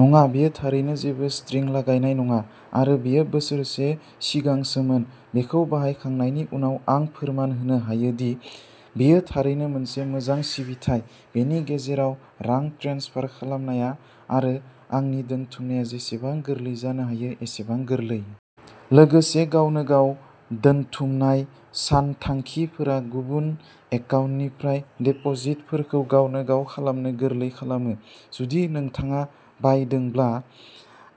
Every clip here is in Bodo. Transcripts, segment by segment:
नङा। बेयो थारैनो जेबो स्ट्रिं लागायनाय नङा। आरो बेयो बोसोरसे सिगांसोमोन। बेखौ बाहायखांनायनि उनाव, आं फोरमान होनो हायोदि बेयो थारैनो मोनसे मोजां सिबिथाइ। बेनि गेजेराव रां ट्रेन्सफार खालामनाया आरो आंनि दोनथुमनाया जेसेबां गोरलै जानो हायो एसेबां गोरलै। लोगोसे, गावनो-गाव दोनथुमनाय सानथांखिफोरा गुबुन एकाउन्टनिफ्राय डिपोजिटफोरखौ गावनो-गाव खालामनो गोरलै खालामो। जुदि नोंथाङा बायदोंब्ला,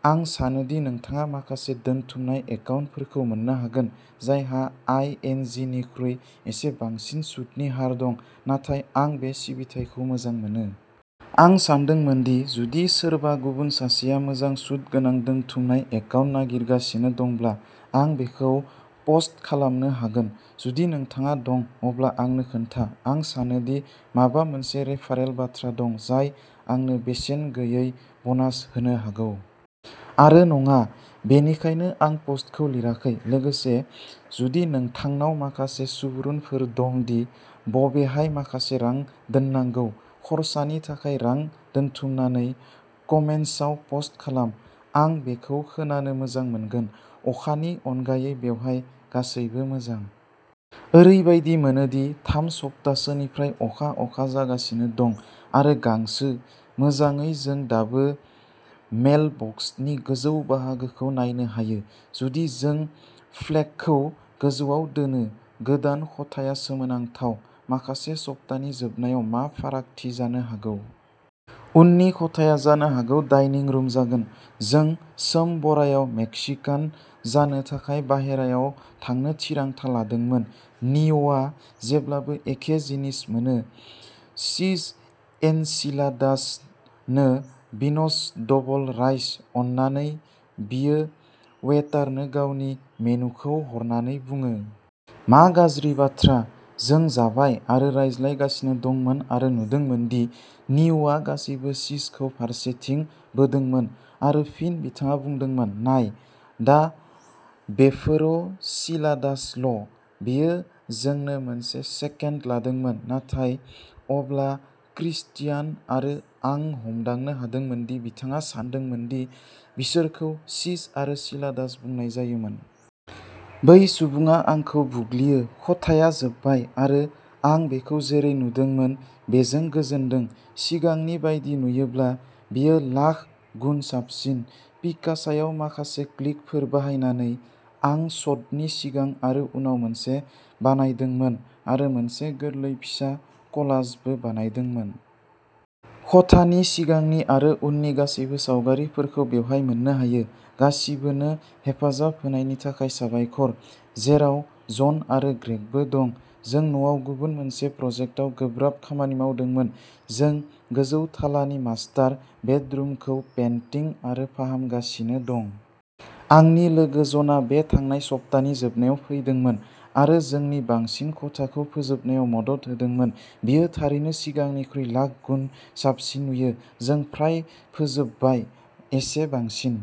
आं सानो दि नोंथाङा माखासे दोनथुमनाय एकाउन्टफोरखौ मोननो हागोन जायहा आइ जन जि निख्रुइ एसे बांसिन सुतनि हार दं। नाथाय, आं बे सिबिथायखौ मोजां मोनो। आं सानदोंमोन दि जुदि सोरबा गुबुन सासेया मोजां सुत गोनां दोनथुमनाय एकाउन्ट नागिरगासिनो दंब्ला आं बेखौ पस्ट खालामनो हागोन। जुदि नोंथाङा दं, अब्ला आंनो खोन्था। आं सानो दि माबा मोनसे रेफारेल बाथ्रा दं जाय आंनो बेसेन गैयै ब'नास होनो हागौ। आरो नङा... बेनिखायनो आं पस्टखौ लिराखै! लोगोसे, जुदि नोंथांनाव माखासे सुबुरुनफोर दं दि बबेहाय माखासे रां दोननांगौ। खरसानि थाखाय रां दोनथुमनानै, कमेन्ट्सआव पस्ट खालाम! आं बेखौ खोनानो मोजां मोनगोन। अखानि अनगायै, बेवहाय गासैबो मोजां। ओरैबायदि मोनो दि थाम सप्ताहसोनिफ्राय अखा-अखा जागासिनो दं। आरो गांसो... मोजाङै, जों दाबो मेइलबक्सनि गोजौ बाहागोखौ नायनो हायो... जुदि जों फ्लेगखौ गोजौआव दोनो। गोदान खथाया सोमोनांथाव। माखासे सप्तानि जोबनायाव मा फारागथि जानो हागौ। उननि खथाया जानो हागौ डाइनिं रुम जागोन। जों सोमबरायाव मेक्सिकान जानो थाखाय बाहेरायाव थांनो थिरांथा लादोंमोन। निय'आ जेब्लाबो एखे जिनिस मोनो... "चीज एनचिलादास नो बिनस डबल राइस, अन्नानै", बियो वेटारनो गावनि मेनुखौ हरनानै बुङो। मा गाज्रि बाथ्रा। जों जाबाय आरो रायज्लायगासिनो दंमोन आरो नुदोंमोन दि निय'आ गासिबो चीजखौ फारसेथिं बोदोंमोन... आरो फिन बिथाङा बुंदोंमोन, "नाय... दा बेफोर'चिलादास'ल'।" बेयो जोंनो मोनसे सेकेन्ड लादोंमोन, नाथाय अब्ला क्रिस्टियान आरो आं हमदांनो हादोंमोन दि बिथाङा सानदोंमोन दि बिसोरखौ "चीज आरो चिलादास" बुंनाय जायोमोन। बै सुबुङा आंखौ बुग्लियो। खथाया जोबबाय आरो आं बेखौ जेरै नुदोंमोन बेजों गोजोनदों। सिगांनि बायदि नुयोब्ला, बेयो लाख गुन साबसिन। पिकासायाव माखासे क्लिकफोर बाहायनानै, आं शटनि सिगां आरो उनाव मोनसे बानायदोंमोन, आरो मोनसे गोरलै फिसा क'लाजबो बानायदोंमोन। खथानि सिगांनि आरो उननि गासैबो सावगारिफोरखौ बेवहाय मोन्नो हायो। गासिबोनो हेफाजाब होनायनि थाखाय साबायखर, जेराव जन आरो ग्रेगबो दं। जों न'आव गुबुन मोनसे प्रजेक्टआव गोब्राब खामानि मावदोंमोन। जों गोजौ थालानि मास्टार बेडरुमखौ पेन्टिं आरो फाहामगासिनो दं। आंनि लोगो जनआ बे थांनाय सप्तानि जोबनायाव फैदोंमोन आरो जोंनि बांसिन खथाखौ फोजोबनायाव मदद होदोंमोन। बेयो थारैनो सिगांनिख्रुइ लाख गुन साबसिन नुयो। जों फ्राय फोजोबबाय। एसे बांसिन।